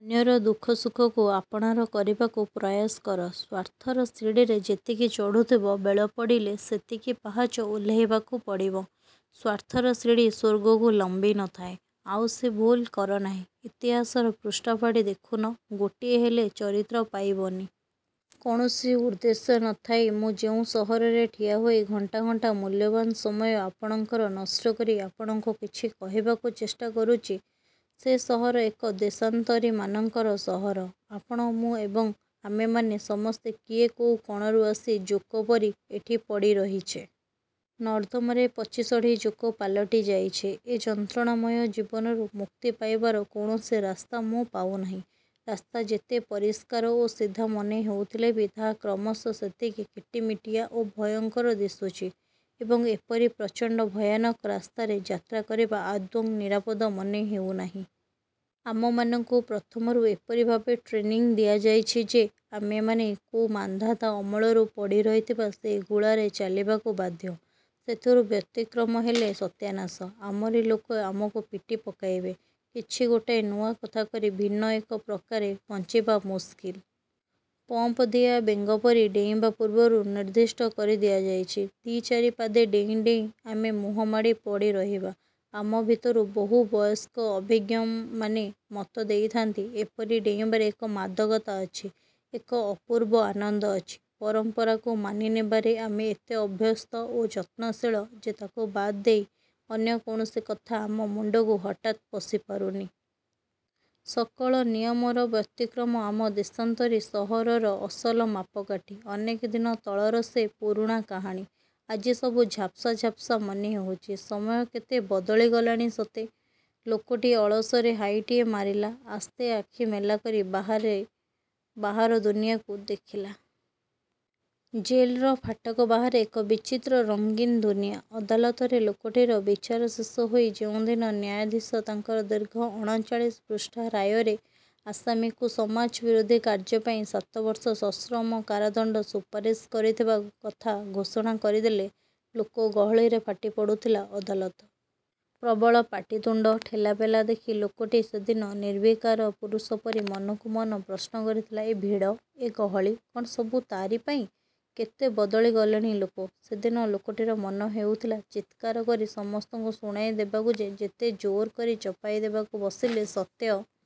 ଅନ୍ୟର ଦୁଃଖ ସୁଖକୁ ଆପଣାର କରିବାକୁ ପ୍ରୟାସ କର। ସ୍ୱାର୍ଥର ସିଡ଼ିରେ ଯେତିକି ଚଢ଼ୁଥିବ, ବେଳ ପଡ଼ିଲେ ସେତିକି ପାହାଚ ଓହ୍ଲେଇବାକୁ ପଡ଼ିବ। ସ୍ୱାର୍ଥର ସିଡ଼ି ସ୍ୱର୍ଗକୁ ଲମ୍ୱି ନଥାଏ। ଆଉ ସେ ଭୁଲ କରନାହିଁ। ଇତିହାସର ପୃଷ୍ଠା ଫାଡ଼ି ଦେଖୁନ। ଗୋଟିଏ ହେଲେ ଚରିତ୍ର ପାଇବନି। କୌଣସି ଉଦ୍ଦେଶ୍ୟ ନ ଥାଇ ମୁଁ ଯେଉଁ ସହରରେ ଠିଆହୋଇ ଘଣ୍ଟା ଘଣ୍ଟା ମୂଲ୍ୟବାନ ସମୟ ଆପଣଙ୍କର ନଷ୍ଟକରି ଆପଣଙ୍କୁ କିଛି କହିବାକୁ ଚେଷ୍ଟା କରୁଛି; ସେ ସହର ଏକ ଦେଶାନ୍ତରୀମାନଙ୍କର ସହର। ଆପଣ, ମୁଁ ଏବଂ ଆମ୍ଭେମାନେ ସମସ୍ତେ କିଏ କୋଉ କଣରୁ ଆସି ଜୋକପରି ଏଠି ପଡ଼ିରହିଛେ। ନର୍ଦ୍ଦମାରେ ପଚିସଢ଼ି ଜୋକ ପାଲଟି ଯାଇଛେ। ଏ ଯନ୍ତ୍ରଣାମୟ ଜୀବନରୁ ମୁକ୍ତି ପାଇବାର କୌଣସି ରାସ୍ତା ମୁଁ ପାଉନାହିଁ। ରାସ୍ତା ଯେତେ ପରିଷ୍କାର ଓ ସିଧା ମନେ ହେଉଥିଲେ ବି ତାହା କ୍ରମଶଃ ସେତିକି କିଟିମିଟିଆ ଓ ଭୟଙ୍କର ଦିଶୁଛି ଏବଂ ଏପରି ପ୍ରଚଣ୍ତ ଭୟାନକ ରାସ୍ତାରେ ଯାତ୍ରା କରିବା ଆଦୌ ନିରାପଦ ମନେ ହେଉନାହିଁ। ଆମମାନଙ୍କୁ ପ୍ରଥମରୁ ଏପରି ଭାବେ ଟ୍ରେନିଂ ଦିଆଯାଇଛି ଯେ ଆମେମାନେ କୋଉ ମାନ୍ଧାତା ଅମଳରୁ ପଡ଼ିରହିଥିବା ସେଇ ଗୁଳାରେ ଚାଲିବାକୁ ବାଧ୍ୟ। ସେଥିରୁ ବ୍ୟତିକ୍ରମ ହେଲେ ସତ୍ୟାନାଶ। ଆମରି ଲୋକେ ଆମକୁ ପିଟି ପକାଇବେ। କିଛି ଗୋଟାଏ ନୂଆକଥା କରି ଭିନ୍ନ ଏକ ପ୍ରକାରେ ବଞ୍ଚିବା ମୁସ୍କିଲ। ପମ୍ପ୍ଦିଆ ବେଙ୍ଗପରି ଡେଇଁବା ପୂର୍ବରୁ ନିର୍ଦ୍ଦିଷ୍ଟ କରିଦିଆଯାଇଛି। ଦି'ଚାରି ପାଦେ ଡେଇଁ ଡେଇଁ ଆମେ ମୁହିଁମାଡ଼ି ପଡ଼ିରହିବା।। ଆମ ଭିତରୁ ବହୁ ବୟସ୍କ ଓ ଅଭିଜ୍ଞମାନେ ମତ ଦେଇଥାନ୍ତି, ଏପରି ଡେଇଁବାରେ ଏକ ମାଦକତା ଅଛି। ଏକ ଅପୂର୍ବ ଆନନ୍ଦ ଅଛି। 'ପରମ୍ପରା'କୁ ମାନିନେବାରେ ଆମେ ଏତେ ଅଭ୍ୟସ୍ତ ଓ ଯତ୍ନଶୀଳ ଯେ ତାକୁ ବାଦଦେଇ ଅନ୍ୟ କୌଣସି କଥା ଆମ ମୁଣ୍ଡକୁ ହଠାତ୍ ପଶିପାରୁନି। ସକଳ ନିୟମର ବ୍ୟତିକ୍ରମ ଆମ ଦେଶାନ୍ତରୀ ସହରର ଅସଲ ମାପକାଠି-। '' ଅନେକ ଦିନ ତଳର ସେ ପୁରୁଣା କାହାଣୀ। ଆଜି ସବୁ ଝାପ୍ସା ଝାପ୍ସା ମନେ ହେଉଛି। ସମୟ କେତେ ବଦଳି ଗଲାଣି ସତେ! ଲୋକଟି ଅଳସରେ ହାଇଟିଏ ମାରିଲା। ଆସ୍ତେ ଆଖି ମେଲାକରି ବାହାରେ ବାହାର ଦୁନିଆକୁ ଦେଖିଲା। ଜେଲ୍ର ଫାଟକ ବାହାରେ ଏକ ବିଚିତ୍ର ରଙ୍ଗିନ୍ ଦୁନିଆଁ। ଅଦାଲତରେ ଲୋକଟିର ବିଚାର ଶେଷ ହୋଇ ଯେଉଁଦିନ ନ୍ୟାୟାଧୀଶ ତାଙ୍କର ଦୀର୍ଘ ଅଣଚାଳିଶ ପୃଷ୍ଠା ରାୟରେ ଆସାମୀକୁ ସମାଜ ବିରୋଧି କାର୍ଯ୍ୟପାଇଁ ସାତବର୍ଷ ସଶ୍ରମ କାରାଦଣ୍ତ ସୁପାରିସ୍ କରିଥିବା କଥା ଘୋଷଣା କରିଦେଲେ, ଲୋକ ଗହଳିରେ ଫାଟି ପଡ଼ୁଥିଲା ଅଦାଲତ। ପ୍ରବଳ ପାଟିତୁଣ୍ତ, ଠେଲାପେଲା ଦେଖି ଲୋକଟି ସେଦିନ ନିର୍ବିକାର ପୁରୁଷ ପରି ମନକୁ ମନ ପ୍ରଶ୍ନ କରିଥିଲା—ଏ ଭିଡ଼, ଏ ଗହଳି କ'ଣ ସବୁ ତା'ରି ପାଇଁ? କେତେ ବଦଳି ଗଲେଣି ଲୋକେ। ସେଦିନ ଲୋକଟିର ମନ ହେଉଥିଲା, ଚିତ୍କାର କରି ସମସ୍ତଙ୍କୁ ଶୁଣାଇ ଦେବାକୁ ଯେ, ଯେତେ ଜୋର୍କରି ଚପାଇ ଦେବାକୁ ବସିଲେ, ସତ୍ୟ